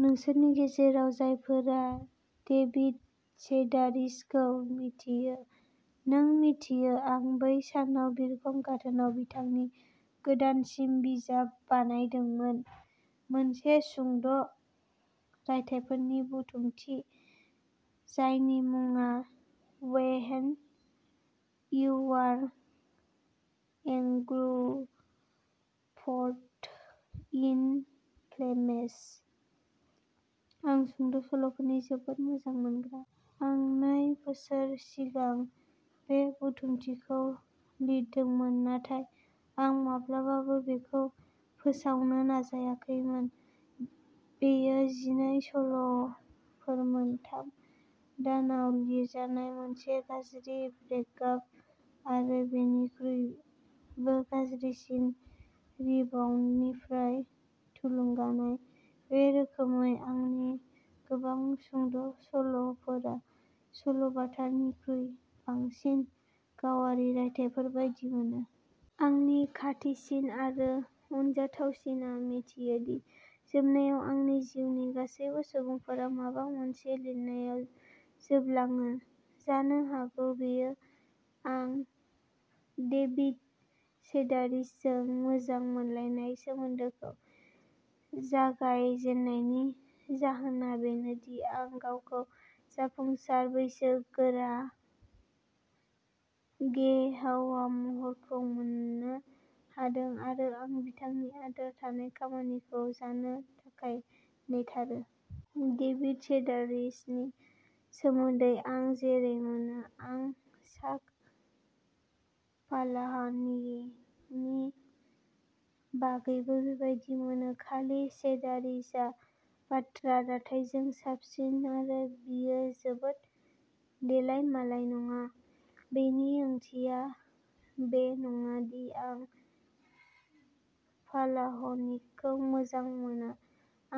नोंसोरनि गेजेराव जायफोरा डेभिड सेडारिसखौ मिथियो, नों मिथियो आं बै सानाव बिरखं गाथोनाव बिथांनि गोदानसिन बिजाब बानायदोंमोन मोनसे सुंद' रायथाइफोरनि बुथुमथि, जायनि मुङा वेहेन इउ आर एंगुलफड इन फ्लेमेस। आं सुंद' सल'फोरनि जोबोद मोजां मोनग्रा। आं नै बोसोर सिगां बे बुथुमथिखौ लिरदोंमोन, नाथाय आं माब्लाबाबो बेखौ फोसावनो नाजाखैमोन। बेयो जिनै सल'फोरमोन, थाम दानाव लिरजानाय, मोनसे गाज्रि ब्रेकआप आरो बेनिख्रुइबो गाज्रिसिन रिबाउन्डनिफ्राय थुलुंगानाय। बे रोखोमै, आंनि गोबां सुंद'सल'फोरा सल'बाथानिख्रुइ बांसिन गावारि रायथाइफोर बायदि मोनो। आंनि खाथिसिन आरो अनजाथावसिनआ मिथियो दि जोबनायाव, आंनि जिउनि गासैबो सुबुंफोरा माबा मोनसे लिरनायाव जोबलाङो। जानो हागौ बेयो। आं डेभिड सेडारिसजों मोजां मोनलायनाय सोमोन्दोखौ जागाय जेननायनि जाहोना बेनो दि आं गावखौ जाफुंसार, बैसोगोरा, गे हौवा महरखौ मोननो हादों, आरो आं बिथांनि आद्रा थानाय खामानिखौ जानो थाखाय नेथारो। डेभिड सेडारिसनि सोमोन्दै आं जेरै मोनो, आं चाक पालाहनिकनि बागैबो बेबायदि मोनो, खालि सेडारिसआ बाथ्रा दाथाइजों साबसिन आरो बियो जोबोद देलायमालाय नङा। बेनि ओंथिया बे नङा दि आं पालाहनिकखौ मोजां मोनो।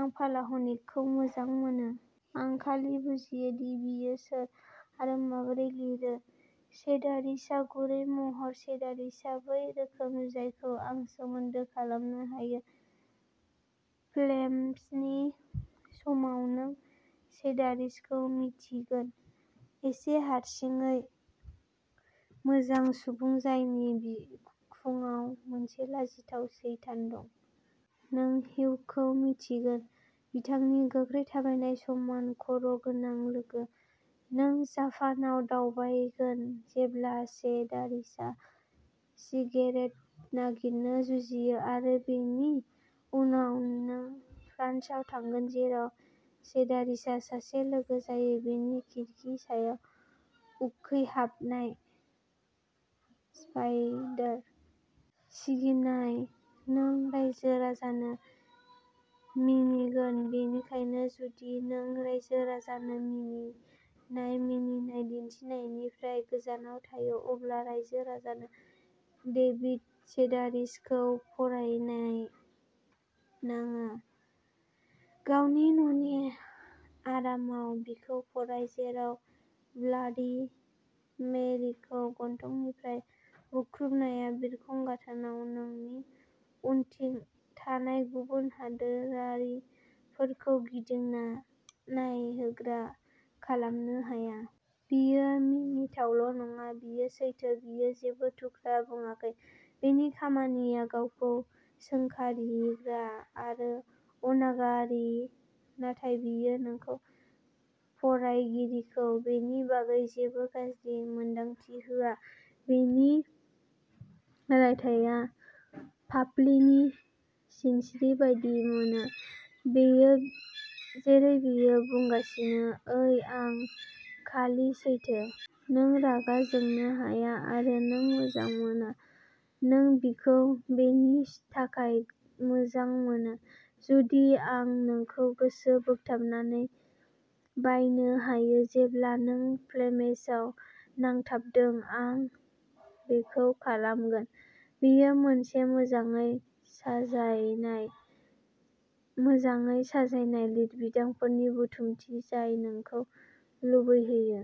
आं पालाहनिकखौ मोजां मोनो। आं खालि बुजियो दि बियो सोर आरो माबोरै लिरो। सेडारिसआ गुरै महर। सेडारिसआ बै रोखोम जायखौ आं सोमोन्दो खालामनो हायो। फ्लेम्सनि समाव, नों सेडारिसखौ मिन्थिगोन एसे हारसिं, मोजां सुबुं जायनि बिखुङाव मोनसे लाजिथाव सैतान दं। नों हिउखौ मिन्थिगोन, बिथांनि गोख्रै थाबायनाय, समान खर'गोनां लोगो। नों जापानआव दावबायगोन जेब्ला सेडारिसआ सिगेरेट नागिरनो जुजियो, आरो बेनि उनाव, नों फ्रान्सआव थांगोन, जेराव सेडारिसआ सासे लोगो जायो। बिनि खिरखि सायाव उखैहाबनाय स्पाइडार। सिगिनाय नों रायजो राजानो मिनिगोन, बेनिखायनो जुदि नों राइजो राजानो मिनिनाय मिनिनाय दिन्थिनायनिफ्राय गोजानाव थायो, अब्ला रायजो राजानो डेभिड सेडारिसखौ फरायनाय नाङा। गावनि न'नि आरामाव बिखौ फराय, जेराव ब्लाडि मेरिखौ गन्थंनिफ्राय बुख्रुबनाया बिरखं गाथोनाव नोंनि उनथिं थानाय गुबुन हादोरारिफोरखौ गिदिंना नायहोग्रा खालामनो हाया। बियो मिनिथावल' नङा। बियो सैथो। बियो जेबो थुख्रा बुङाखै। बिनि खामानिया गावखौ सोंखारिग्रा आरो अनागारि, नाथाय बियो नोंखौ, फरायगिरिखौ, बेनि बागै जेबो गाज्रि मोन्दांथि होआ। बिनि रायथाइया फाफ्लिनि सिनस्रि बायदि मोनो। बियो जेरै बियो बुंगासिनो, ओइ, आं खालि सैथो। नों रागा जोंनो हाया आरो नों मोजां मोना। नों बिखौ बेनि थाखाय मोजां मोनो। जुदि आं नोंखौ गोसो बोगथाबनानै बायनो हायो जेब्ला नों फ्लेमेसआव नांथाबदों, आं बेखौ खालामगोन। बेयो मोनसे मोजाङै साजायनाय, मोजाङै साजायनाय लिरबिदांफोरनि बुथुमथि जाय नोंखौ लुबैहोयो।